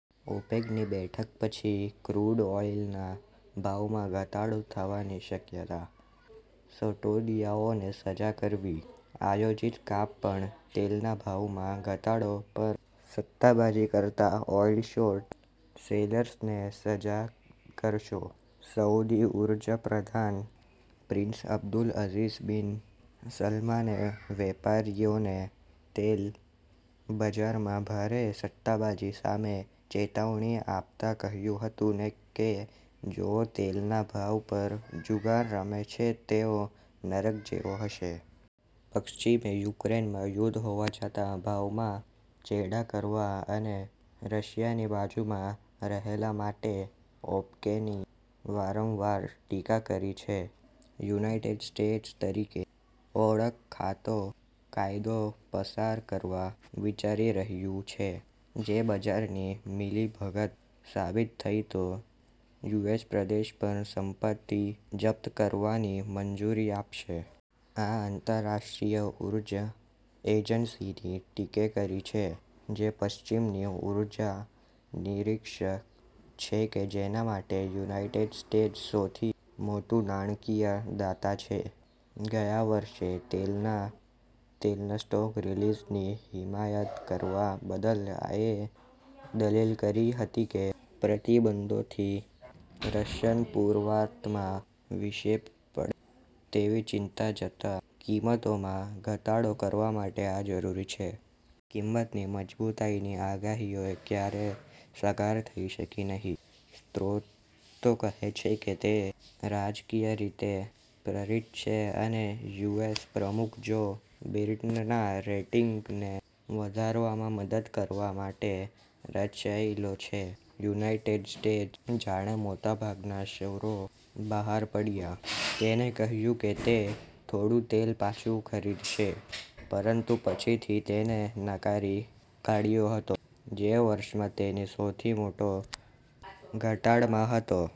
ઓપેકની બેઠક પછી ક્રૂડ ઓઇલના ભાવમાં ઘટાડો થવાની શક્યતા. સટોડિયાઓને સજા કરવી, આયોજિત કાપ પણ તેલના ભાવમાં ઘટાડા પર સટ્ટાબાજી કરતા ઓઇલ શોર્ટ સેલર્સને સજા કરશો. સાઉદી ઉર્જા પ્રધાન પ્રિન્સ અબ્દુલ અઝીઝ બિન સલમાને વેપારીઓને તેલ બજારમાં ભારે સટ્ટાબાજી સામે ચેતવણી આપતાં કહ્યું હતું કે જેઓ તેલના ભાવ પર જુગાર રમે છે તેઓ "નરક જેવા" હશે. પશ્ચિમે યુક્રેનમાં યુદ્ધ હોવા છતાં ભાવમાં ચેડાં કરવા અને રશિયાની બાજુમાં રહેલા માટે ઓપકેની વારંવાર ટીકા કરી છે. યુનાઇટેડ સ્ટેટ્સ તરીકે ઓળખાતો કાયદો પસાર કરવા વિચારી રહ્યું છે, જે બજારની મિલીભગત સાબિત થઇ તો યુએસ પ્રદેશ પર સંપત્તિ જપ્ત કરવાની મંજૂરી આપશે. એ આંતરરાષ્ટ્રીય ઉર્જા એજન્સીની ટીકા કરી છે, જે પશ્ચિમની ઉર્જા નિરીક્ષક છે કે જેના માટે યુનાઇટેડ સ્ટેટ્સ સૌથી મોટું નાણાકીય દાતા છે, ગયા વર્ષે તેલ તેલના સ્ટોક રિલીઝની હિમાયત કરવા બદલ એ દલીલ કરી હતી કે પ્રતિબંધોથી રશિયન પુરવાઠમાં વિક્ષેપ પડશે તેવી ચિંતાને જોતાં કિંમતોમાં ઘટાડો કરવા માટે આ જરૂરી છે. કિંમતની મજબૂતાઈની આગાહીઓ ક્યારેય સાકાર થઈ શકી નહી, સ્ત્રોતો કહે છે કે તે રાજકીય રીતે પ્રેરિત છે અને યુએસ પ્રમુખ જો બિડેનના રેટિંગને વધારવામાં મદદ કરવા માટે રચાયેલુ છે. યુનાઇટેડ સ્ટેટ્સ, જેણે મોટાભાગના શેરો બહાર પડ્યો, તેણે કહ્યું કે તે થોડું તેલ પાછું ખરીદશે, પરંતુ પછીથી તેને નકારી કાઢ્યો હતો, જે વર્ષોમાં તેના સૌથી મોટા ઘટાડમાં હતો.